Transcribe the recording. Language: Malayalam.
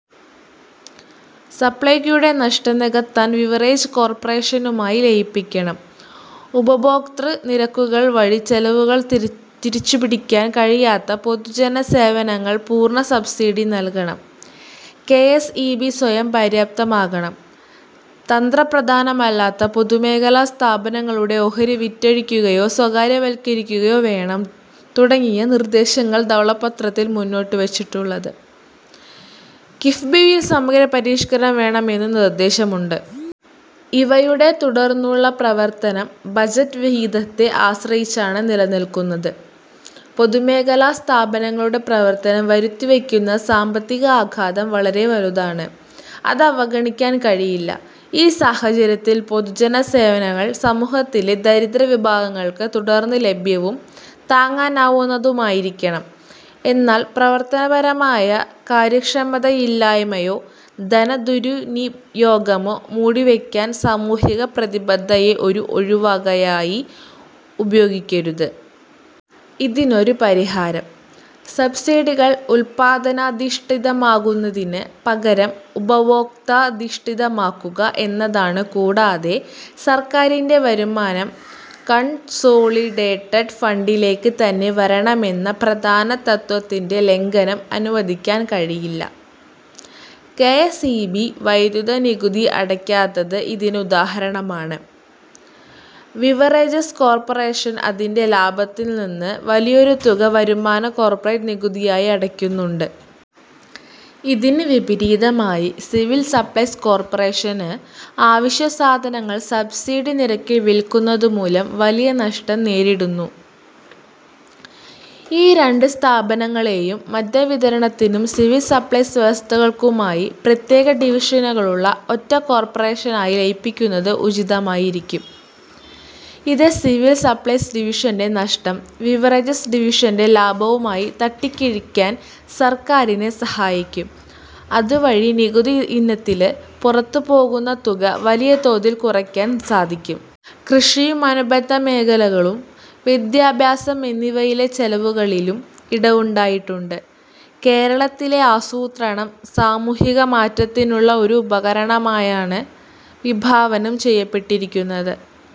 സപ്ലൈകോയുടെ നഷ്ടം നികത്താന് ബിവറേജ് കോര്പ്പറേഷനുമായി ലയിപ്പിക്കണം. ഉപഭോക്തൃ നിരക്കുകള് വഴി ചെലവുകള് തിരിച്ചുപിടിക്കാന് കഴിയാത്ത പൊതുജന സേവനങ്ങള്ക്ക് പൂര്ണ സബ്സിഡി നല്കണം, കെഎസ്ഇബി സ്വയംപര്യാപ്തമാകണം, തന്ത്രപ്രധാനമല്ലാത്ത പൊതുമേഖലാ സ്ഥാപനങ്ങളുടെ ഓഹരി വിറ്റഴിക്കുകയോ സ്വകാര്യവല്ക്കരിക്കുകയോ വേണം തുടങ്ങിയ നിര്ദേശങ്ങളാണ് ധവളപത്രത്തില് മുന്നോട്ടുവച്ചിട്ടുള്ളത്. കിഫ്ബിയില് സമഗ്ര പരിഷ്കരണം വേണമെന്നും നിര്ദേശമുണ്ട്. ഇവയുടെ തുടര്ന്നുള്ള പ്രവര്ത്തനം ബജറ്റ് വിഹിതത്തെ ആശ്രയിച്ചാണ് നിലനില്ക്കുന്നത്. പൊതുമേഖലാ സ്ഥാപനങ്ങളുടെ പ്രവര്ത്തനം വരുത്തിവെക്കുന്ന സാമ്പത്തിക ആഘാതം വളരെ വലുതാണ്, അത് അവഗണിക്കാന് കഴിയില്ല. ഈ സാഹചര്യത്തില്, പൊതുജന സേവനങ്ങള് സമൂഹത്തിലെ ദരിദ്ര വിഭാഗങ്ങള്ക്ക് തുടര്ന്നും ലഭ്യവും താങ്ങാനാവുന്നതുമായിരിക്കണം. എന്നാല്, പ്രവര്ത്തനപരമായ കാര്യക്ഷമതയില്ലായ്മയോ ധന ദുര്വിനിയോഗമോ മൂടിവെക്കാന് സാമൂഹിക പ്രതിബദ്ധതയെ ഒരു ഒഴികഴിവായി ഉപയോഗിക്കരുത്. ഇതിനൊരു പരിഹാരം, സബ്സിഡികള് ഉല്പാദനാധിഷ്ഠിതമാക്കുന്നതിന് പകരം ഉപഭോഗാധിഷ്ഠിതമാക്കുക എന്നതാണ്. കൂടാതെ, സര്ക്കാരിന്റെ വരുമാനം കണ്സോളിഡേറ്റഡ് ഫണ്ടിലേക്ക് തന്നെ വരണമെന്ന പ്രധാന തത്ത്വത്തിന്റെ ലംഘനം അനുവദിക്കാന് കഴിയില്ല. കെഎസ്ഇബി വൈദ്യുതി നികുതി അടയ്ക്കാത്തത് ഇതിന് ഉദാഹരണമാണ്. ബിവറേജസ് കോര്പ്പറേഷന് അതിന്റെ ലാഭത്തില് നിന്ന് വലിയൊരു തുക വരുമാന/ കോര്പ്പറേറ്റ് നികുതിയായി അടയ്ക്കുന്നുണ്ട്. ഇതിന് വിപരീതമായി, സിവില് സപ്ലൈസ് കോര്പ്പറേഷന് അവശ്യ സാധനങ്ങള് സബ്സിഡി നിരക്കില് വില്ക്കുന്നതുമൂലം വലിയ നഷ്ടം നേരിടുന്നു. ഈ രണ്ട് സ്ഥാപനങ്ങളെയും മദ്യവിതരണത്തിനും സിവില് സപ്ലൈസ്/ വ്യവസ്ഥകള്ക്കുമായി പ്രത്യേക ഡിവിഷനുകളുള്ള ഒറ്റ കോര്പ്പറേഷനായി ലയിപ്പിക്കുന്നത് ഉചിതമായിരിക്കും. ഇത് സിവില് സപ്ലൈസ് ഡിവിഷന്റെ നഷ്ടം ബിവറേജസ് ഡിവിഷന്റെ ലാഭവുമായി തട്ടിക്കിഴിക്കാന് സര്ക്കാരിനെ സഹായിക്കും, അതുവഴി നികുതി ഇനത്തില് പുറത്തേക്ക് പോകുന്ന തുക വലിയ തോതില് കുറയ്ക്കാന് സാധിക്കും. കൃഷിയും അനുബന്ധ മേഖലകളും, വിദ്യാഭ്യാസം എന്നിവയിലെ ചെലവുകളിലും ഇടിവുണ്ടായിട്ടുണ്ട്. കേരളത്തിലെ ആസൂത്രണം സാമൂഹിക മാറ്റത്തിനുള്ള ഒരു ഉപകരണമായാണ് വിഭാവനം ചെയ്യപ്പെട്ടിരുന്നത്.